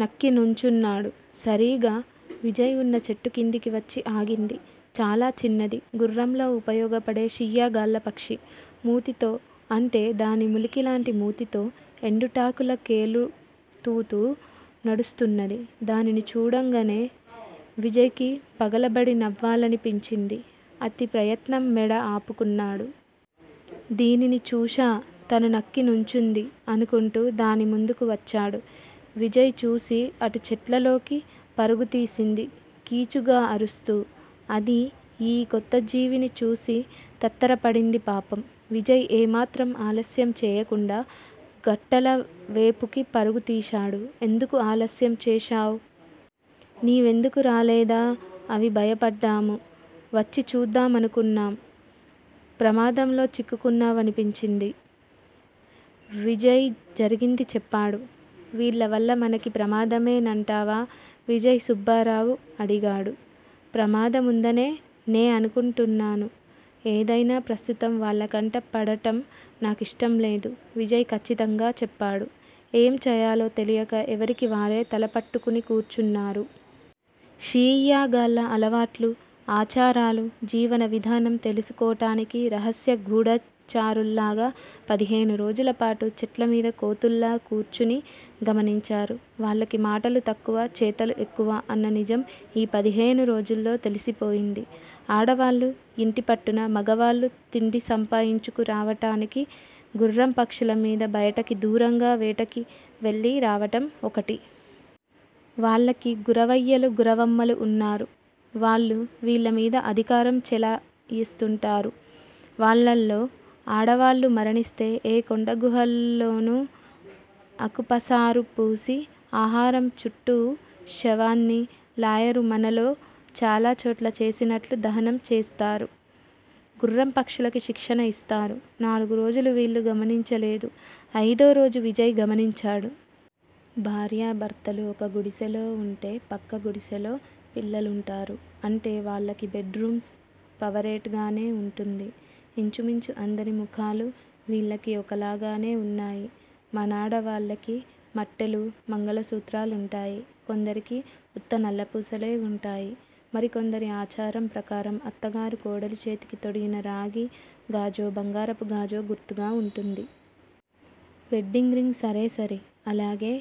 నక్కి నుంచున్నాడు. సరీగ విజయ్ వున్న చెట్టుకిందికి వచ్చి ఆగింది చాలా చిన్నది గుర్రంలా ఉపయోగపడే షియ్యాగాళ్ళ పక్షి. మూతి తో అంటే దాని ములికిలాంటి మూతితో ఎండుటాకులకేలుతుతూ నడుస్తున్నది. దానిని చూడంగానే విజయ్ కి పగలబడి నవ్వాలని పించింది. అతి ప్రయత్నం మెడ ఆపుకున్నాడు. దీనిని చూశా తను నక్కి నుంచుంది? అనుకుంటూ దాని ముందుకు వచ్చాడు. విజయ్ చూసి అటు చెట్లలోకి పరుగుతీసింది కీచుగా అరుస్తూ అదీ యీ కొత్త జీవిని చూసి తత్తరపడింది పాపం. విజయ్ ఏమాత్రం ఆలస్యం చేయకుండా గుట్టల వేపుకి పరుగుతీశాడు. ఎందుకు ఆలస్యం చేశావ్? నీవెందుకు రాలేదా అవిభయపడ్డాము వచ్చి చూద్దామనుకున్నాం ప్రమాదంలో చిక్కుకున్నావనిపించింది. విజయ్ జరిగింది చెప్పాడు. వీళ్ళ వల్ల మనకి ప్రమాదమే నంటావా విజయ్ సుబ్బారావు అడిగాడు. ప్రమాదముందనే నే అనుకుంటున్నాను. ఏదైనా ప్రస్తుతం వాళ్ళకంటపడటం నాకిష్టంలేదు విజయ్ కచ్చితంగా చెప్పాడు. ఏంచేయాలో తెలియక ఎవరికివారే తలపట్టుకుని కూర్చున్నారు. షీయ్యాగాళ్ళ అలవాట్లు ఆచారాలు జీవన విధానం తెలుసుకోటానికి రహస్య గూఢచారుల్లాగా పదిహేను రోజులపాటు చెట్లమీద కోతుల్లా కూర్చుని గమనించారు. వాళ్ళకి మాటలు తక్కువ చేతలు ఎక్కువ అన్ననిజం ఈపదిహేను రోజుల్లో తెలిసిపోయింది. ఆడవాళ్ళు యింటిపట్టున మగవాళ్ళు తిండి సంపాయించుకు రావటానికి గుర్రంపక్షుల మీద బయటకి దూరంగా వేటకి వెళ్ళి రావటం వొకటి. వాళ్ళకి గురవయ్యలు గురవమ్మలు ఉన్నారు. వాళ్ళు వీల్లమీద అధికారం చేలయిస్తుంటారు. వాళ్ళల్లో ఆడవాళ్ళు మరణిస్తే ఏ కొండగుహా ల్లోనూ అకుపసారుపూసి ఆహారం చుట్టూ శవాన్ని లాయరు మనలో చాలా చోట్ల చేసినట్లు దహనం చేస్తారు. గుర్రం పక్షులకి శిక్షణ ఇస్తారు. నాలుగురోజులు వీళ్ళు గమనించలేదు. అయిదోరోజు విజయ్ గమనించాడు. భార్యాభర్తలు ఒక గుడిసెలో వుంటే పక్క గుడిసెలో పిల్లలుంటారు. అంటే వాళ్ళకి బెడ్ రూమ్ పవరేట్ గానే వుంటుంది. ఇంచుమించు అందరి ముఖాలు వీళ్ళకి ఒకలాగానే ఉన్నాయి మనాడవాళ్ళకి మట్టెలు మంగలసూత్రాలుంటాయి కొందరికి ఉత్త నల్లపూసలే వుంటాయి మరికొందరిఆచారం ప్రకారం అత్తగారు కోడలిచేతికి తొడిగిన రాగి గాజో బంగారపు గాజో గుర్తుగా వుంటుంది. వెడ్డింగ్ రింగ్ సరేసరి. అలాగే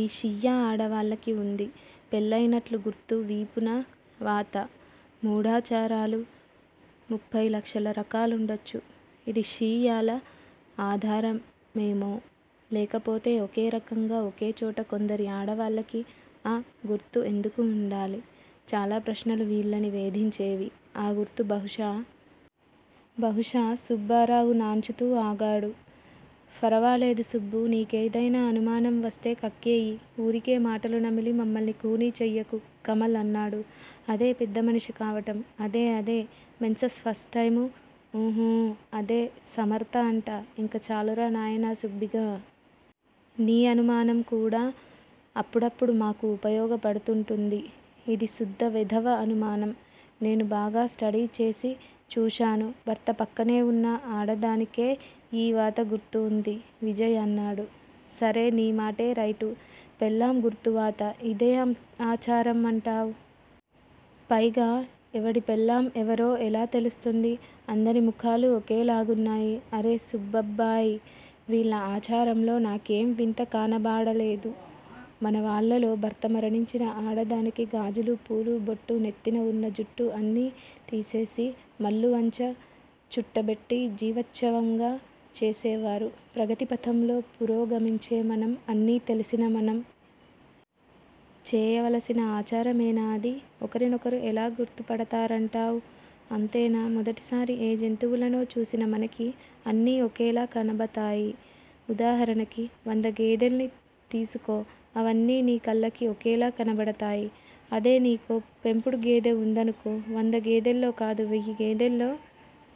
ఈ షియ్యా ఆడవాళ్ళకి వుంది పెళ్ళయినట్లు గుర్తు వీపునవాత. మూఢాచారాలు ముప్ఫైలక్షల రకాలుండొచ్చు. ఇది షీయ్యాళ ఆధారమేమో! లేకపోతే ఒకేరకంగా ఒకేచోట కొందరి ఆడవాళ్ళకి అ గుర్తు ఎందుకు వుండాలి! చాలా ప్రశ్నలు వీళ్ళని వేధించేవి. ఆ గుర్తు బహుశా! బహుశా! సుబ్బారావు నాన్చుతూ ఆగాడు. ఫరవాలేదు సుబ్బూ! నీకేదైనా అనుమానంవస్తే కక్కేయి. వూరికే మాటలు నమిలి మమ్మల్ని ఖూనీ చెయ్యకు కమల్ అన్నాడు. అదే పెద్దమనిషి కావటం అదే అదే మెన్సస్ ఫస్ట్ టైము ఉహూ అదే సమర్త అంటా ఇంక చాలురా నాయనా సుబ్భిగా! నీ అనుమానం కూడా అప్పుడప్పుడు మాకు ఉపయోగపడుతుంటుంది. ఇది సుద్ద వెధవ అనుమానం. నేను బాగా స్టడీ చేసి చూశాను భర్త పక్కనే వున్న ఆడదానికే యీ వాత గుర్తు ఉంది విజయ్ అన్నాడు. సరే నీ మాటేరైటు. పెళ్ళాం గుర్తువాత. ఇదేం ఆచారం అంటావ్? పైగా ఎవడి పెళ్ళాం ఎవరో ఎలా తెలుస్తుంది అందరి ముఖాలు ఒకేలాగున్నాయి! అరే సుబ్బబ్బాయ్! వీళ్ళ ఆచారంలో నాకేం వింత కానబాడలేదు. మన వాళ్ళలో భర్త మరణించిన ఆడదానికి గాజులు పూలుబొట్టునెత్తినవున్న జుట్టు అన్నీ తీసేసి మల్లువంచ చుట్టబెట్టి జీవశ్చవంగా చేసేవారే. ప్రగతిపథంలో పురోగమించే మనం అన్నీ తెలిసిన మనం. చేయవలసిన అచారమేనా అది? ఒకరినొకరు ఎలా గుర్తుపడతారం టావ్? అంతేనా? మొదటిసారి ఏ జంతువులనో చూసిన మనకి అన్నీ ఒకేలా కనబతాయి. ఉదాహరణకి వంద గేదెల్ని తీసుకో అవన్నీ నీకళ్ళకి ఒకేలా కనబడతాయి అదే నీకో పెంపుడు గేదె వుందనుకో వందగేదేల్లోకాదు వెయ్యిగేదేల్లో